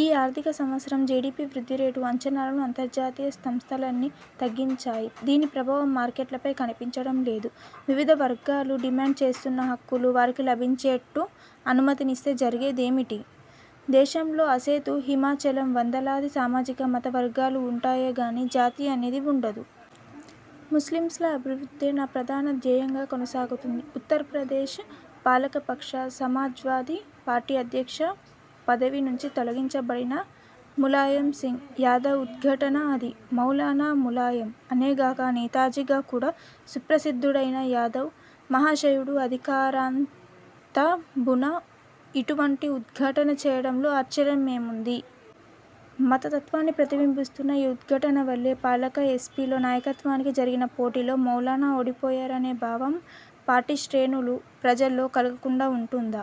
ఈ ఆర్థిక సంవత్సరం జిడిపి వృద్ధి రేటు అంచనాలను అంతర్జాతీయ సంస్థలన్నీ తగ్గించాయి. దీని ప్రభావం మార్కెట్లపై కనిపించడం లేదు. వివిధ వర్గాలు డిమాండ్ చేస్తున్న 'హక్కులు' వారికి లభించేట్టు అనుమతిస్తే జరిగేదేమిటి? దేశంలో ఆసేతు హిమాచలం వందలాది సామాజిక, మత వర్గాలు వుంటాయే గానీ జాతి అనేది వుండదు. 'ముస్లింల అభివృద్ధే నా ప్రధాన ధ్యేయంగా కొనసాగుతుంది' – ఉత్తరప్రదేశ్ పాలక పక్షం సమా జ్వాదీ పార్టీ అధ్యక్ష పదవి నుంచి తొలగించబడిన ములాయం సింగ్ యాదవ్ ఉద్ఘాటన అది. 'మౌలానా' ములాయం అనేగాక 'నేతాజీ'గా కూడా సుప్రసిద్ధుడైన యాదవ్ మహాశయుడు అధికారాంతంబున ఇటువంటి ఉద్ఘాటన చేయడంలో ఆశ్చర్యమేముంది? మతతత్వాన్ని ప్రతిబింబిస్తున్న ఈ ఉద్ఘాటన వల్లే, పాలక ఎస్పీలో నాయకత్వానికి జరిగిన పోటీలో మౌలానా ఓడిపోయారనే భావం పార్టీ శ్రేణులు, ప్రజల్లో కలగకుండా వుంటుందా?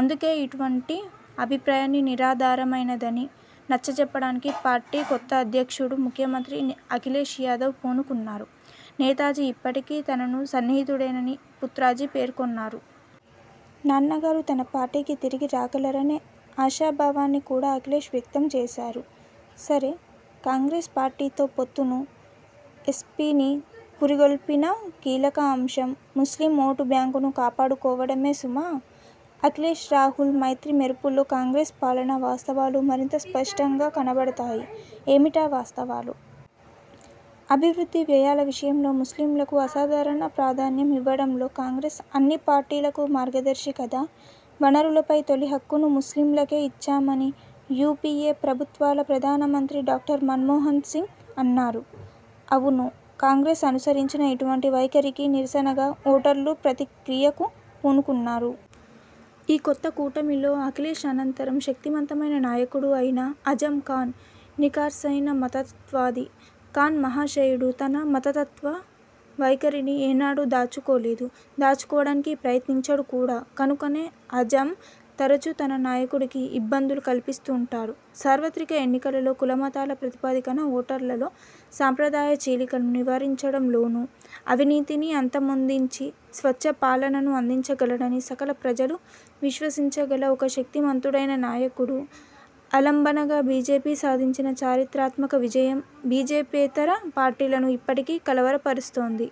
అందుకే, అటువంటి అభిప్రాయం నిరాధారమైనదని నచ్చచెప్పడానికి పార్టీ కొత్త అధ్యక్షుడు, ముఖ్యమంత్రి అఖిలేశ్ యాదవ్ పూనుకున్నారు. 'నేతాజీ ఇప్పటికీ తనకు సన్నిహితుడేనని' పుత్రాజీ పేర్కొన్నారు. 'నాన్నగారు తన పార్టీకి తిరిగి రాగలరనే' ఆశాభావాన్ని కూడా అఖిలేశ్ వ్యక్తం చేశారు. సరే, కాంగ్రెస్ పార్టీతో పొత్తుకు ఎస్పీని పురిగొల్పిన కీలక అంశం ముస్లిం ఓటు బ్యాంకును కాపాడుకోవడమే సుమా! అఖిలేశ్–రాహుల్ మైత్రీ మెరుపుల్లో కాంగ్రెస్ పాలనా వాస్తవాలు మరింత స్పష్టంగా కనపడతాయి. ఏమిటా వాస్తవాలు? అభివృద్ధి వ్యయాల విషయంలో ముస్లింలకు అసాధారణ ప్రాధాన్యం ఇవ్వడంలో కాంగ్రెస్సే అన్ని పార్టీలకు మార్గదర్శి కదా. 'వనరులపై తొలి హక్కును ముస్లింలకే ఇచ్చామని' యూపీఏ ప్రభుత్వాల ప్రధానమంత్రి డాక్టర్ మన్మోహన్ సింగ్ అన్నారు. అవును, కాంగ్రెస్ అనుసరించిన ఇటువంటి వైఖరికి నిరసనగా ఓటర్లూ ప్రతిక్రియకు పూనుకున్నారు. ఈ కొత్త కూటమిలో అఖిలేశ్ అనంతరం శక్తిమంతమైన నాయకుడు అయిన అజమ్ ఖాన్ నిఖార్సయిన మతతత్వవాది. ఖాన్ మహాశయుడు తన మతతత్వ వైఖరిని ఏనాడూ దాచుకోలేదు. దాచుకోవడానికి ప్రయత్నించడు కూడా. కనుకనే అజమ్ తరచూ తన నాయకుడికి ఇబ్బందులు కల్పిస్తుంటాడు. సార్వత్రక ఎన్నికలలో, కులమతాల ప్రాతిపదికన ఓటర్లలో సంప్రదాయ చీలికలను నివారించడంలోనూ, అవినీతిని అంతమొందించి, స్వచ్ఛ పాలనను అందించగలడని సకల ప్రజలు విశ్వసించగల ఒక శక్తిమంతుడైన నాయకుడు ఆలంబనగా బీజేపీ సాధించిన చరిత్రాత్మక విజయం బీజేపీయేతర పార్టీలను ఇప్పటికీ కలవరపరుస్తోంది.